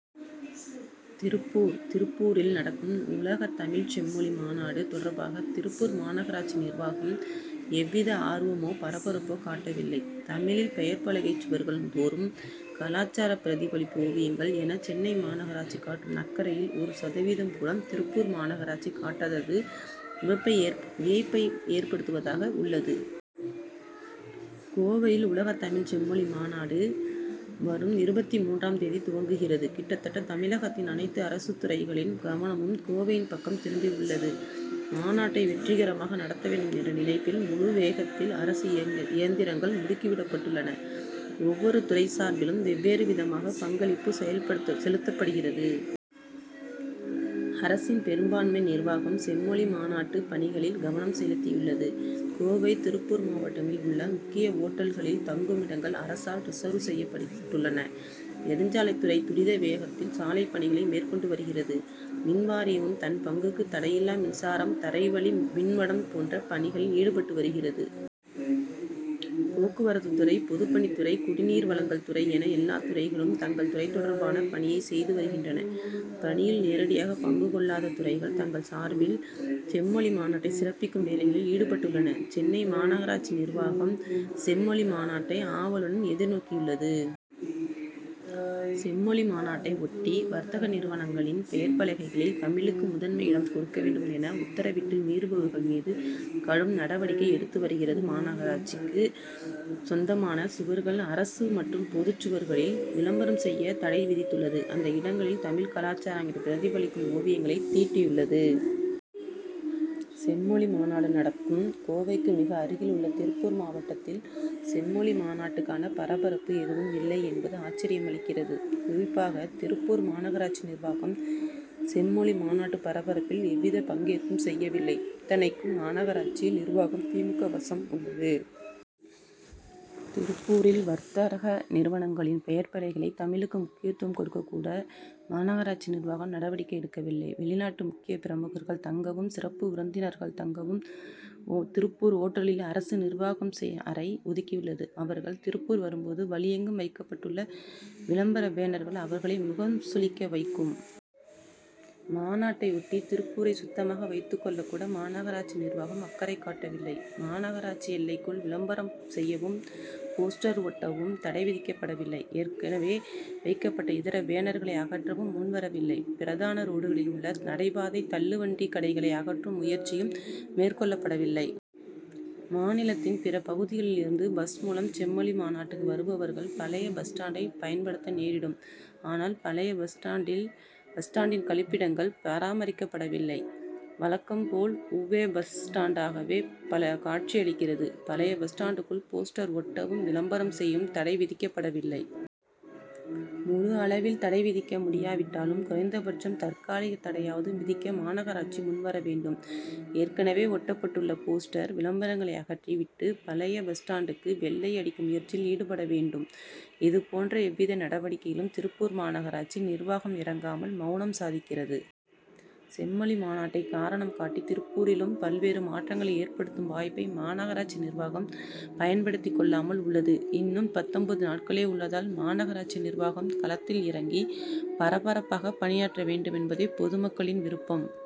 திருப்பூர் திருப்பூரில் நடக்கும் உலகத் தமிழ்ச் செம்மொழி மாநாடு தொடர்பாக திருப்பூர் மாநகராட்சி நிர்வாகம் எவ்வித ஆர்வமோ பரபரப்போ காட்டவில்லை. தமிழில் பெயர்ப்பலகை சுவர்கள் தோறும் கலாச்சார பிரதிபலிப்பு ஓவியங்கள் என சென்னை மாநகராட்சி காட்டும் அக்கறையில் ஒரு சதவீதம் கூட திருப்பூர் மாநகராட்சி காட்டாதது வியப்பை ஏற்படுத்துவதாக உள்ளது. கோவையில் உலகத் தமிழ்ச் செம்மொழி மாநாடு வரும் இருபத்து மூன்றாம் தேதி துவங்குகிறது. கிட்டத்தட்ட தமிழகத்தின் அனைத்து அரசுத்துறைகளின் கவனமும் கோவையின் பக்கம் திரும்பி உள்ளது. மாநாட்டை வெற்றிகரமாக நடத்த வேண்டும் என்ற நினைப்பில் முழு வேகத்தில் அரசு இயந்திரங்கள் முடுக்கி விடப்பட்டுள்ளன. ஒவ்வொரு துறை சார்பிலும் வெவ்வேறு விதமாக பங்களிப்பு செலுத்தப்படுகிறது. அரசின் பெரும்பான்மை நிர்வாகம் செம்மொழி மாநாட்டு பணிகளில் கவனம் செலுத்தியுள்ளது. கோவை திருப்பூர் மாவட்டங்களில் உள்ள முக்கிய ஓட்டல்களில் தங்குமிடங்கள் அரசால் ரிசர்வ் செய்யப்பட்டுள்ளன. நெடுஞ்சாலைத்துறை துரித வேகத்தில் சாலைப்பணிகளை மேற்கொண்டு வருகிறது. மின்வாரியமும் தன் பங்குக்கு தடையில்லா மின்சாரம் தரைவழி மின்வடம் போன்ற பணிகளில் ஈடுபட்டு வருகிறது. போக்குவரத்துத்துறை பொதுப்பணித்துறை குடிநீர் வழங்கல் துறை என எல்லாத்துறைகளும் தங்கள் துறை தொடர்பான பணியை செய்து வருகின்றன. பணியில் நேரடியாக பங்கு கொள்ளாத துறைகள் தங்கள் சார்பில் செம்மொழி மாநாட்டை சிறப்பிக்கும் வேலைகளில் ஈடுபட்டுள்ளன. சென்னை மாநகராட்சி நிர்வாகம் செம் மொழி மாநாட்டை ஆவலுடன் எதிர்நோக்கியுள்ளது. செம்மொழி மாநாட்டை ஒட்டி வர்த்தக நிறுவனங்களின் பெயர்ப்பலகைகளில் தமிழுக்கு முதன்மை இடம் கொடுக்க வேண்டும் என உத்தரவிட்டு மீறுபவர்கள் மீது கடும் நடவடிக்கை எடுத்து வருகிறது. மாநகராட்சிக்கு சொந்தமான சுவர்கள் அரசு மற்றும் பொது சுவர்களில் விளம்பரம் செய்ய தடை விதித்துள்ளது. அந்த இடங்களில் தமிழ் கலாச்சாரங்களை பிரதிபலிக்கும் ஓவியங்களை தீட்டியுள்ளது. செம்மொழி மாநாடு நடக்கும் கோவைக்கு மிக அருகில் உள்ள திருப்பூர் மாவட்டத்தில் செம்மொழி மாநாட்டுக்கான பரபரப்பு எதுவும் இல்லை என்பது ஆச்சரியமளிக்கிறது. குறிப்பாக திருப்பூர் மாநகராட்சி நிர்வாகம் செம்மொழி மாநாட்டு பரபரப்பில் எவ்வித பங்கேற்பும் செய்யவில்லை. இத்தனைக்கும் மாநகராட்சி நிர்வாகம் தி. மு. க. வசம் உள்ளது. திருப்பூரில் வர்த்தக நிறுவனங்களின் பெயர்ப்பலகைகளை தமிழுக்கு முக்கியத்துவம் கொடுக்கக்கூட மாநகராட்சி நிர்வாகம் நடவடிக்கை எடுக்கவில்லை. வெளிநாட்டு முக்கியப்பிரமுகர்கள் தங்கவும் சிறப்பு விருந்தினர்கள் தங்கவும் திருப்பூர் ஓட்டல்களில் அரசு நிர்வாகம் அறை ஒதுக்கியுள்ளது. அவர்கள் திருப்பூர் வரும்போது வழியெங்கும் வைக்கப்பட்டுள்ள விளம்பர பேனர்கள் அவர்களை முகம் சுழிக்க வைக்கும். மாநாட்டை ஒட்டி திருப்பூரை சுத்தமாக வைத்துக் கொள்ளக்கூட மாநகராட்சி நிர்வாகம் அக்கறை காட்டவில்லை. மாநகராட்சி எல்லைக்குள் விளம்பரம் செய்யவும் போஸ்டர் ஒட்டவும் தடை விதிக்கப்பட வில்லை. ஏற்கனவே வைக்கப்பட்ட இதர பேனர்களை அகற்றவும் முன்வரவில்லை. பிரதான ரோடுகளில் உள்ள நடைபாதை தள்ளுவண்டி கடைகளை அகற்றும் முயற்சியும் மேற்கொள்ளப்பட வில்லை. மாநிலத்தின் பிற பகுதிகளில் இருந்து பஸ் மூலம் செம்மொழி மாநாட்டுக்கு வருபவர்கள் பழைய பஸ் ஸ்டாண்டை பயன்படுத்த நேரிடும். ஆனால் பழைய பஸ் ஸ்டாண்டில் பஸ் ஸ்டாண்டின் கழிப்பிடங்கள் பராமரிக்கப்பட வில்லை. வழக்கம்போல் உவ்வே பஸ் ஸ்டாண்டாகவே காட்சியளிக்கிறது. பழைய பஸ் ஸ்டாண்டுக்குள் போஸ்டர் ஒட்டவும் விளம்பரம் செய்யவும் தடை விதிக்கப்பட வில்லை. முழு அளவில் தடை விதிக்க முடியாவிட்டாலும் குறைந்தபட்சம் தற்காலிக தடையாவது விதிக்க மாநகராட்சி முன்வர வேண்டும். ஏற்கனவே ஒட்டப்பட்டுள்ள போஸ்டர் விளம்பரங்களை அகற்றி விட்டு பழைய பஸ் ஸ்டாண்டுக்கு வெள்ளை அடிக்கும் முயற்சியில் ஈடுபட வேண்டும். இதுபோன்ற எவ்வித நடவடிக்கையிலும் திருப்பூர் மாநகராட்சி நிர்வாகம் இறங்காமல் மவுனம் சாதிக்கிறது. செம்மொழி மாநாட்டை காரணம் காட்டி திருப்பூரிலும் பல்வேறு மாற்றங்களை ஏற்படுத்தும் வாய்ப்பை மாநகராட்சி நிர்வாகம் பயன்படுத்திக் கொள்ளாமல் உள்ளது. இன்னும் பத்தொன்பது நாட்களே உள்ளதால் மாநகராட்சி நிர்வாகம் களத்தில் இறங்கி பரபரப்பாக பணியாற்ற வேண்டுமென்பதே பொதுமக்களின் விருப்பம்.